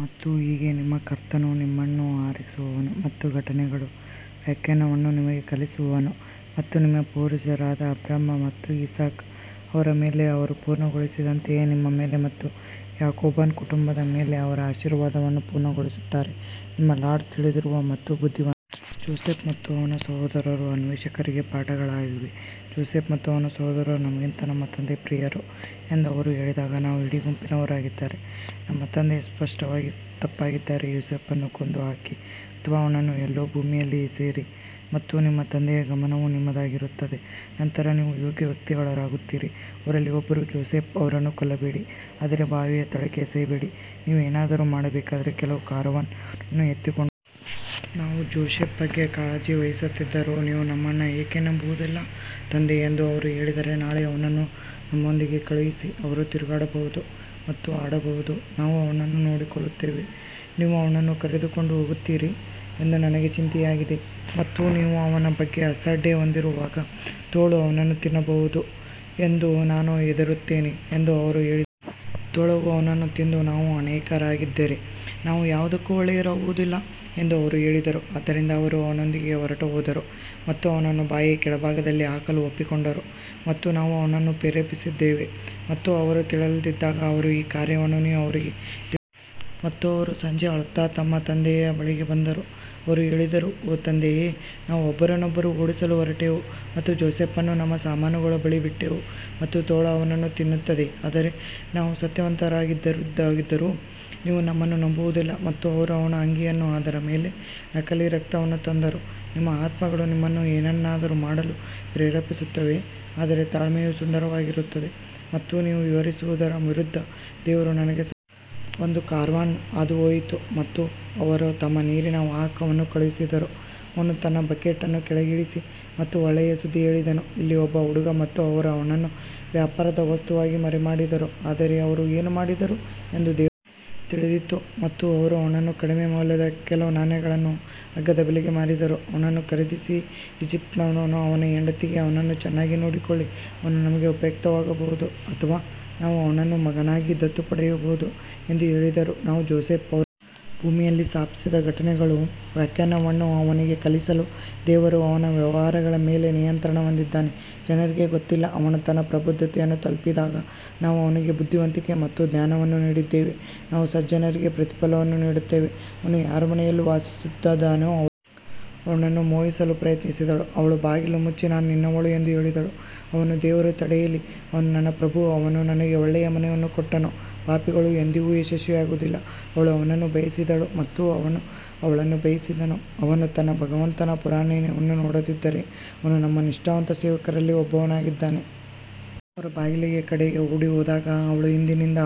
ಮತ್ತು ಹೀಗೆ ನಿಮ್ಮ ಕರ್ತನು ನಿಮ್ಮನ್ನು ಆರಿಸುವನು ಮತ್ತು ಘಟನೆಗಳ ವ್ಯಾಖ್ಯಾನವನ್ನು ನಿಮಗೆ ಕಲಿಸುವನು ಮತ್ತು ನಿಮ್ಮ ಪೂರ್ವಜರಾದ ಅಬ್ರಹಾಂ ಮತ್ತು ಇಸಾಕ್ ಅವರ ಮೇಲೆ ಅವರು ಪೂರ್ಣಗೊಳಿಸಿದಂತೆಯೇ ನಿಮ್ಮ ಮೇಲೆ ಮತ್ತು ಯಾಕೋಬನ ಕುಟುಂಬದ ಮೇಲೆ ಅವರ ಆಶೀರ್ವಾದವನ್ನು ಪೂರ್ಣಗೊಳಿಸುತ್ತಾರೆ ನಿಮ್ಮ ಲಾರ್ಡ್ ತಿಳಿದಿರುವ ಮತ್ತು ಬುದ್ಧಿವಂತ. ಜೋಸೆಫ್ ಮತ್ತು ಅವನ ಸಹೋದರರು ಅನ್ವೇಷಕರಿಗೆ ಪಾಠಗಳಾಗಿವೆ ಜೋಸೆಫ್ ಮತ್ತು ಅವನ ಸಹೋದರ ನಮಗಿಂತ ನಮ್ಮ ತಂದೆಗೆ ಪ್ರಿಯರು ಎಂದು ಅವರು ಹೇಳಿದಾಗ, ನಾವು ಇಡೀ ಗುಂಪಿನವರಾಗಿದ್ದರೂ ನಮ್ಮ ತಂದೆ ಸ್ಪಷ್ಟವಾಗಿ ತಪ್ಪಾಗಿದ್ದಾರೆ ಯೋಸೇಫನನ್ನು ಕೊಂದುಹಾಕಿ ಅಥವಾ ಅವನನ್ನು ಎಲ್ಲೋ ಭೂಮಿಯಲ್ಲಿ ಎಸೆಯಿರಿ ಮತ್ತು ನಿಮ್ಮ ತಂದೆಯ ಗಮನವು ನಿಮ್ಮದಾಗಿರುತ್ತದೆ ನಂತರ ನೀವು ಯೋಗ್ಯ ವ್ಯಕ್ತಿಗಳಾಗುತ್ತೀರಿ ಅವರಲ್ಲಿ ಒಬ್ಬರು ಜೋಸೆಫ್ ಅವರನ್ನು ಕೊಲ್ಲಬೇಡಿ ಆದರೆ ಬಾವಿಯ ತಳಕ್ಕೆ ಎಸೆಯಬೇಡಿ, ನೀವು ಏನಾದರೂ ಮಾಡಬೇಕಾದರೆ ಕೆಲವು ಕಾರವಾನ್ ಅವನನ್ನು ಎತ್ತಿಕೊಂಡು ನಾವು ಜೋಸೆಫ್ ಬಗ್ಗೆ ಕಾಳಜಿ ವಹಿಸುತ್ತಿದ್ದರೂ ನೀವು ನಮ್ಮನ್ನು ಏಕೆ ನಂಬುವುದಿಲ್ಲ ತಂದೆ ಎಂದು ಅವರು ಹೇಳಿದರು ನಾಳೆ ಅವನನ್ನು ನಮ್ಮೊಂದಿಗೆ ಕಳುಹಿಸಿ, ಅವನು ತಿರುಗಾಡಬಹುದು ಮತ್ತು ಆಡಬಹುದು, ನಾವು ಅವನನ್ನು ನೋಡಿಕೊಳ್ಳುತ್ತೇವೆ ನೀವು ಅವನನ್ನು ಕರೆದುಕೊಂಡು ಹೋಗುತ್ತೀರಿ ಎಂದು ನನಗೆ ಚಿಂತೆಯಾಗಿದೆ ಮತ್ತು ನೀವು ಅವನ ಬಗ್ಗೆ ಅಸಡ್ಡೆ ಹೊಂದಿರುವಾಗ ತೋಳ ಅವನನ್ನು ತಿನ್ನಬಹುದು ಎಂದು ನಾನು ಹೆದರುತ್ತೇನೆ ಎಂದು ಅವರು ಹೇಳಿ ತೋಳವು ಅವನನ್ನು ತಿಂದು ನಾವು ಅನೇಕರಾಗಿದ್ದರೆ ನಾವು ಯಾವುದಕ್ಕೂ ಒಳ್ಳೆಯವರಾಗುವುದಿಲ್ಲ ಎಂದು ಅವರು ಹೇಳಿದರು ಆದ್ದರಿಂದ ಅವರು ಅವನೊಂದಿಗೆ ಹೊರಟುಹೋದರು ಮತ್ತು ಅವನನ್ನು ಬಾವಿಯ ಕೆಳಭಾಗದಲ್ಲಿ ಹಾಕಲು ಒಪ್ಪಿಕೊಂಡರು ಮತ್ತು ನಾವು ಅವನನ್ನು ಪ್ರೇರೇಪಿಸಿದ್ದೇವೆ ಮತ್ತು ಅವರು ತಿಳಿದಿಲ್ಲದಿದ್ದಾಗ ಅವರ ಈ ಕಾರ್ಯವನ್ನು ನೀವು ಅವರಿಗೆ ಮತ್ತು ಅವರು ಸಂಜೆ ಅಳುತ್ತಾ ತಮ್ಮ ತಂದೆಯ ಬಳಿಗೆ ಬಂದರು ಅವರು ಹೇಳಿದರು ಓ ತಂದೆಯೇ ನಾವು ಒಬ್ಬರನ್ನೊಬ್ಬರು ಓಡಿಸಲು ಹೊರಟೆವು ಮತ್ತು ಜೋಸೆಫ್ನನ್ನು ನಮ್ಮ ಸಾಮಾನುಗಳ ಬಳಿ ಬಿಟ್ಟೆವು ಮತ್ತು ತೋಳ ಅವನನ್ನು ತಿನ್ನುತ್ತದೆ ಆದರೆ ನಾವು ಸತ್ಯವಂತರಾಗಿದ್ದರೂ ನೀವು ನಮ್ಮನ್ನು ನಂಬುವುದಿಲ್ಲ ಮತ್ತು ಅವರು ಅವನ ಅಂಗಿಯನ್ನು ಅದರ ಮೇಲೆ ನಕಲಿ ರಕ್ತವನ್ನು ತಂದರು, ನಿಮ್ಮ ಆತ್ಮಗಳು ನಿಮ್ಮನ್ನು ಏನನ್ನಾದರೂ ಮಾಡಲು ಪ್ರೇರೇಪಿಸುತ್ತವೆ ಆದರೆ ತಾಳ್ಮೆಯು ಸುಂದರವಾಗಿರುತ್ತದೆ ಮತ್ತು ನೀವು ವಿವರಿಸುವುದರ ವಿರುದ್ಧ ದೇವರು ನನಗೆ ಒಂದು ಕಾರವಾನ್ ಹಾದುಹೋಯಿತು ಮತ್ತು ಅವರು ತಮ್ಮ ನೀರಿನ ವಾಹಕವನ್ನು ಕಳುಹಿಸಿದರು, ಅವನು ತನ್ನ ಬಕೆಟ್ ಅನ್ನು ಕೆಳಗಿಳಿಸಿ ಮತ್ತು ಒಳ್ಳೆಯ ಸುದ್ದಿ ಹೇಳಿದನು ಇಲ್ಲಿ ಒಬ್ಬ ಹುಡುಗ ಮತ್ತು ಅವರು ಅವನನ್ನು ವ್ಯಾಪಾರದ ವಸ್ತುವಾಗಿ ಮರೆಮಾಡಿದರು ಆದರೆ ಅವರು ಏನು ಮಾಡಿದರು ಎಂದು ತಿಳಿದಿತ್ತು ಮತ್ತು ಅವರು ಅವನನ್ನು ಕಡಿಮೆ ಮೌಲ್ಯದ ಕೆಲವು ನಾಣ್ಯಗಳನ್ನು ಅಗ್ಗದ ಬೆಲೆಗೆ ಮಾರಿದರು ಅವನನ್ನು ಖರೀದಿಸಿದ ಈಜಿಪ್ಟಿನವನು ಅವನ ಹೆಂಡತಿಗೆ ಅವನನ್ನು ಚೆನ್ನಾಗಿ ನೋಡಿಕೊಳ್ಳಿ ಅವನು ನಮಗೆ ಉಪಯುಕ್ತವಾಗಬಹುದು ಅಥವಾ ನಾವು ಅವನನ್ನು ಮಗನಾಗಿ ದತ್ತು ಪಡೆಯಬಹುದು ಎಂದು ಹೇಳಿದರು ನಾವು ಜೋಸೆಫ್ ಭೂಮಿಯಲ್ಲಿ ಸ್ಥಾಪಿಸಿದ ಘಟನೆಗಳ ವ್ಯಾಖ್ಯಾನವನ್ನು ಅವನಿಗೆ ಕಲಿಸಲು ದೇವರು ಅವನ ವ್ಯವಹಾರಗಳ ಮೇಲೆ ನಿಯಂತ್ರಣ ಹೊಂದಿದ್ದಾನೆ ಜನರಿಗೆ ಗೊತ್ತಿಲ್ಲ ಅವನು ತನ್ನ ಪ್ರಬುದ್ಧತೆಯನ್ನು ತಲುಪಿದಾಗ ನಾವು ಅವನಿಗೆ ಬುದ್ಧಿವಂತಿಕೆ ಮತ್ತು ಜ್ಞಾನವನ್ನು ನೀಡಿದ್ದೇವೆ ನಾವು ಸಜ್ಜನರಿಗೆ ಪ್ರತಿಫಲವನ್ನು ನೀಡುತ್ತೇವೆ ಅವನು ಯಾರ ಮನೆಯಲ್ಲಿ ವಾಸಿಸುತ್ತಿದ್ದಾನೋ ಅವಳು ಅವನನ್ನು ಮೋಹಿಸಲು ಪ್ರಯತ್ನಿಸಿದಳು ಅವಳು ಬಾಗಿಲು ಮುಚ್ಚಿ ನಾನು ನಿನ್ನವಳು ಎಂದು ಹೇಳಿದಳು ಅವನು ದೇವರು ತಡೆಯಲಿ ಅವನು ನನ್ನ ಪ್ರಭು ಅವನು ನನಗೆ ಒಳ್ಳೆಯ ಮನೆಯನ್ನು ಕೊಟ್ಟನು ಪಾಪಿಗಳು ಎಂದಿಗೂ ಯಶಸ್ವಿಯಾಗುವುದಿಲ್ಲ ಅವಳು ಅವನನ್ನು ಬಯಸಿದಳು ಮತ್ತು ಅವನು ಅವಳನ್ನು ಬಯಸಿದನು ಅವನು ತನ್ನ ಭಗವಂತನ ಪುರಾವೆಯನ್ನು ನೋಡದಿದ್ದರೆ ಅವನು ನಮ್ಮ ನಿಷ್ಠಾವಂತ ಸೇವಕರಲ್ಲಿ ಒಬ್ಬನಾಗಿದ್ದನು. ಅವರು ಬಾಗಿಲಿನ ಕಡೆಗೆ ಓಡಿಹೋದಾಗ ಅವಳು ಹಿಂದಿನಿಂದ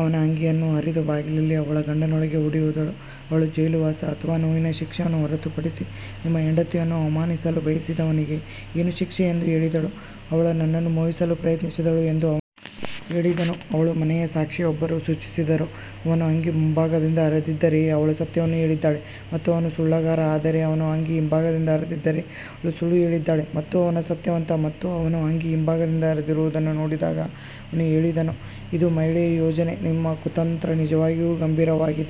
ಅವನ ಅಂಗಿಯನ್ನು ಹರಿದು ಬಾಗಿಲಲ್ಲಿ ಅವಳ ಗಂಡನೊಳಗೆ ಓಡಿಹೋದಳು ಅವಳು ಜೈಲುವಾಸ ಅಥವಾ ನೋವಿನ ಶಿಕ್ಷೆಯನ್ನು ಹೊರತುಪಡಿಸಿ ನಿಮ್ಮ ಹೆಂಡತಿಯನ್ನು ಅವಮಾನಿಸಲು ಬಯಸಿದವನಿಗೆ ಏನು ಶಿಕ್ಷೆ ಎಂದು ಹೇಳಿದಳು. ಅವಳು ನನ್ನನ್ನು ಮೋಹಿಸಲು ಪ್ರಯತ್ನಿಸಿದಳು ಎಂದು ಹೇಳಿದನು ಅವಳ ಮನೆಯ ಸಾಕ್ಷಿಯೊಬ್ಬರು ಸೂಚಿಸಿದರು ಅವನ ಅಂಗಿ ಮುಂಭಾಗದಿಂದ ಹರಿದಿದ್ದರೆ ಅವಳು ಸತ್ಯವನ್ನು ಹೇಳಿದ್ದಾಳೆ ಮತ್ತು ಅವನು ಸುಳ್ಳುಗಾರ ಆದರೆ ಅವನ ಅಂಗಿ ಹಿಂಭಾಗದಿಂದ ಹರಿದಿದ್ದರೆ ಅವಳು ಸುಳ್ಳು ಹೇಳಿದ್ದಾಳೆ ಮತ್ತು ಅವನು ಸತ್ಯವಂತ ಮತ್ತು ಅವನ ಅಂಗಿ ಹಿಂಭಾಗದಿಂದ ಹರಿದಿರುವುದನ್ನು ನೋಡಿದಾಗ ಅವನು ಹೇಳಿದನು ಇದು ಮಹಿಳೆಯ ಯೋಜನೆ ನಿಮ್ಮ ಕುತಂತ್ರ ನಿಜವಾಗಿಯೂ ಗಂಭೀರವಾಗಿದೆ.